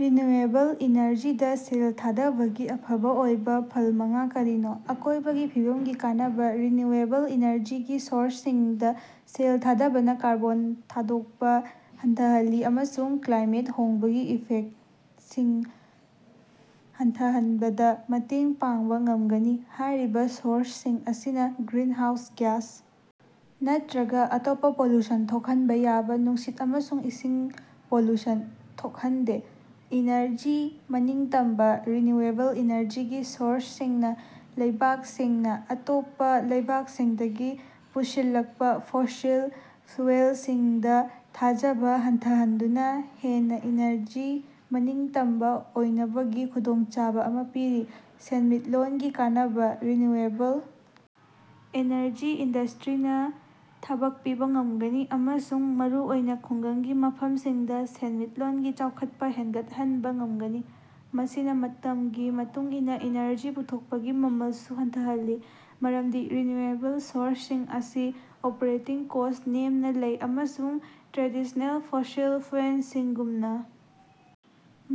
Renewable ꯏꯅꯔꯖꯤꯗ ꯁꯦꯜ ꯊꯥꯗꯕꯒꯤ ꯑꯐꯕ ꯑꯣꯏꯕ ꯐꯜ ꯃꯉꯥ ꯀꯔꯤꯅꯣ? ꯑꯀꯣꯢꯕꯒꯤ ꯐꯤꯕꯝꯒꯤ ꯀꯥꯟꯅꯕ: ꯔꯤꯅ꯭ꯌꯨꯑꯦꯕꯜ ꯏꯅꯔꯖꯤꯒꯤ ꯁꯣꯔꯁꯁꯤꯡꯗ ꯁꯦꯜ ꯊꯥꯗꯕꯅ ꯀꯥꯔꯕꯣꯟ ꯊꯥꯗꯣꯛꯄ ꯍꯟꯊꯍꯜꯂꯤ ꯑꯃꯁꯨꯡ ꯀ꯭ꯂꯥꯏꯃꯦꯠ ꯍꯣꯡꯕꯒꯤ ꯏꯐꯦꯛꯇꯁꯤꯡ ꯍꯟꯊꯍꯟꯕꯗ ꯃꯇꯦꯡ ꯄꯥꯡꯕ ꯉꯝꯒꯅꯤ꯫ ꯍꯥꯢꯔꯤꯕ ꯁꯣꯔꯁꯁꯤꯡ ꯑꯁꯤꯅ ꯒ꯭ꯔꯤꯟꯍꯥꯎꯁ ꯒ꯭ꯌꯥꯁ ꯅꯠꯇ꯭ꯔꯒ ꯑꯇꯣꯞꯄ ꯄꯣꯂꯨꯁꯟ ꯊꯣꯛꯍꯟꯕ ꯌꯥꯕ ꯅꯨꯡꯁꯤꯠ ꯑꯃꯁꯨꯡ ꯏꯁꯤꯡ ꯄꯣꯂꯨꯁꯟ ꯊꯣꯛꯍꯟꯗꯦ꯫ ꯏꯅꯔꯖꯤ ꯃꯅꯤꯡꯇꯝꯕꯥ: ꯔꯤꯅ꯭ꯌꯨꯑꯦꯕꯜ ꯏꯅꯔꯖꯤꯒꯤ ꯁꯣꯔꯁꯁꯤꯡꯅ ꯂꯩꯕꯥꯛꯁꯤꯡꯅ ꯑꯇꯣꯞꯄ ꯂꯩꯕꯥꯛꯁꯤꯡꯗꯒꯤ ꯄꯨꯁꯤꯜꯂꯛꯄ ꯐꯣꯁꯤꯜ ꯐ꯭ꯌꯨꯑꯦꯜꯁꯤꯡꯗ ꯊꯥꯖꯕ ꯍꯟꯊꯍꯟꯗꯨꯅ ꯍꯦꯟꯅ ꯏꯅꯔꯖꯤ ꯃꯅꯤꯡꯇꯝꯕ ꯑꯣꯏꯅꯕꯒꯤ ꯈꯨꯗꯣꯡꯆꯥꯕ ꯑꯃ ꯄꯤꯔꯤ꯫ ꯁꯦꯟꯃꯤꯠꯂꯣꯟꯒꯤ ꯀꯥꯟꯅꯕ: ꯔꯤꯅ꯭ꯌꯨꯑꯦꯕꯜ ꯏꯅꯔꯖꯤ ꯏꯟꯗꯁꯇ꯭ꯔꯤꯅ ꯊꯕꯛ ꯄꯤꯕ ꯉꯝꯒꯅꯤ ꯑꯃꯁꯨꯡ ꯃꯔꯨꯑꯣꯏꯅ ꯈꯨꯡꯒꯪꯒꯤ ꯃꯐꯝꯁꯤꯡꯗ ꯁꯦꯟꯃꯤꯠꯂꯣꯟꯒꯤ ꯆꯥꯎꯈꯠꯄ ꯍꯦꯟꯒꯠꯍꯟꯕ ꯉꯝꯒꯅꯤ꯫ ꯃꯁꯤꯅ ꯃꯇꯝꯒꯤ ꯃꯇꯨꯡ ꯏꯟꯅ ꯏꯅꯔꯖꯤ ꯄꯨꯊꯣꯛꯄꯒꯤ ꯃꯃꯜꯁꯨ ꯍꯟꯊꯍꯜꯂꯤ ꯃꯔꯝꯗꯤ ꯔꯤꯅ꯭ꯌꯨꯑꯦꯕꯜ ꯁꯣꯔꯁꯁꯤꯡ ꯑꯁꯤ ꯑꯣꯄꯔꯦꯇꯤꯡ ꯀꯣꯁꯠ ꯅꯦꯝꯅꯥ ꯂꯩ ꯑꯃꯁꯨꯡ ꯇ꯭ꯔꯦꯗꯤꯁꯅꯦꯜ ꯐꯣꯁꯤꯜ ꯐ꯭ꯌꯨꯑꯦꯜꯁꯤꯡꯒꯨꯝꯅ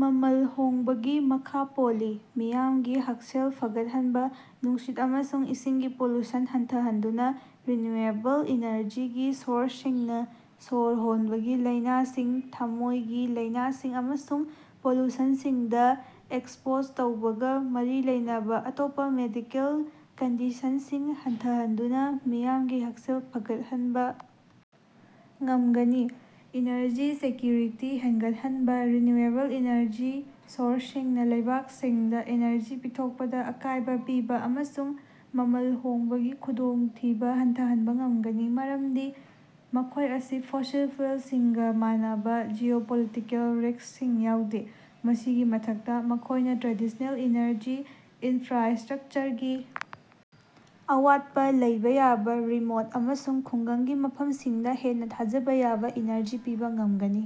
ꯃꯃꯜ ꯍꯣꯡꯕꯒꯤ ꯃꯈꯥ ꯄꯣꯜꯂꯤ꯫ ꯃꯤꯌꯥꯝꯒꯤ ꯍꯛꯁꯦꯜ ꯐꯒꯠꯍꯟꯕ: ꯅꯨꯡꯁꯤꯠ ꯑꯃꯁꯨꯡ ꯏꯁꯤꯡꯒꯤ ꯄꯣꯂꯨꯁꯟ ꯍꯟꯊꯍꯟꯗꯨꯅ ꯔꯤꯅ꯭ꯌꯨꯑꯦꯕꯜ ꯏꯅꯔꯖꯤꯒꯤ ꯁꯣꯔꯁꯁꯤꯡꯅ ꯁꯣꯔ ꯍꯣꯟꯕꯒꯤ ꯂꯥꯢꯅꯁꯤꯡ, ꯊꯃꯣꯢꯒꯤ ꯂꯥꯢꯅꯁꯤꯡ ꯑꯃꯁꯨꯡ ꯄꯣꯂꯨꯁꯟꯁꯤꯡꯗ ꯑꯦꯛꯁꯄꯣꯖ ꯇꯧꯕꯒ ꯃꯔꯤ ꯂꯩꯅꯕ ꯑꯇꯣꯞꯄ ꯃꯦꯗꯤꯀꯦꯜ ꯀꯟꯗꯤꯁꯟꯁꯤꯡ ꯍꯟꯊꯍꯟꯗꯨꯅ ꯃꯤꯌꯥꯝꯒꯤ ꯍꯛꯁꯦꯜ ꯐꯒꯠꯍꯟꯕ ꯉꯝꯒꯅꯤ꯫ ꯏꯅꯔꯖꯤ ꯁꯦꯀ꯭ꯌꯨꯔꯤꯇꯤ ꯍꯦꯟꯒꯠꯍꯟꯕ: ꯔꯤꯅ꯭ꯌꯨꯑꯦꯕꯜ ꯏꯅꯔꯖꯤ ꯁꯣꯔꯁꯁꯤꯡꯅ ꯂꯩꯕꯥꯛꯁꯤꯡꯗ ꯏꯅꯔꯖꯤ ꯄꯤꯊꯣꯛꯄꯗ ꯑꯀꯥꯢꯕ ꯄꯤꯕꯥ ꯑꯃꯁꯨꯡ ꯃꯃꯜ ꯍꯣꯡꯕꯒꯤ ꯈꯨꯗꯣꯡꯊꯤꯕ ꯍꯟꯊꯍꯟꯕ ꯉꯝꯒꯅꯤ ꯃꯔꯝꯗꯤ ꯃꯈꯣꯏ ꯑꯁꯤ ꯐꯣꯁꯤꯜ ꯐ꯭ꯌꯨꯑꯦꯜꯁꯤꯡꯒ ꯃꯥꯟꯅꯕ ꯖꯤꯑꯣꯄꯣꯂꯤꯇꯤꯀꯦꯜ ꯔꯤꯛꯁꯁꯤꯡ ꯌꯥꯎꯗꯦ꯫ ꯃꯁꯤꯒꯤ ꯃꯊꯛꯇ ꯃꯈꯣꯢꯅꯥ ꯇ꯭ꯔꯦꯗꯤꯁꯅꯦꯜ ꯏꯅꯔꯖꯤ ꯏꯅꯐ꯭ꯔꯥꯁꯇ꯭ꯔꯛꯆꯔꯒꯤ ꯑꯋꯥꯠꯄ ꯂꯩꯕꯥ ꯌꯥꯕ ꯔꯤꯃꯣꯠ ꯑꯃꯁꯨꯡ ꯈꯨꯡꯒꯪꯒꯤ ꯃꯐꯝꯁꯤꯡꯗ ꯍꯦꯟꯅ ꯊꯥꯖꯕ ꯌꯥꯕ ꯏꯅꯔꯖꯤ ꯄꯤꯕ ꯉꯝꯒꯅꯤ꯫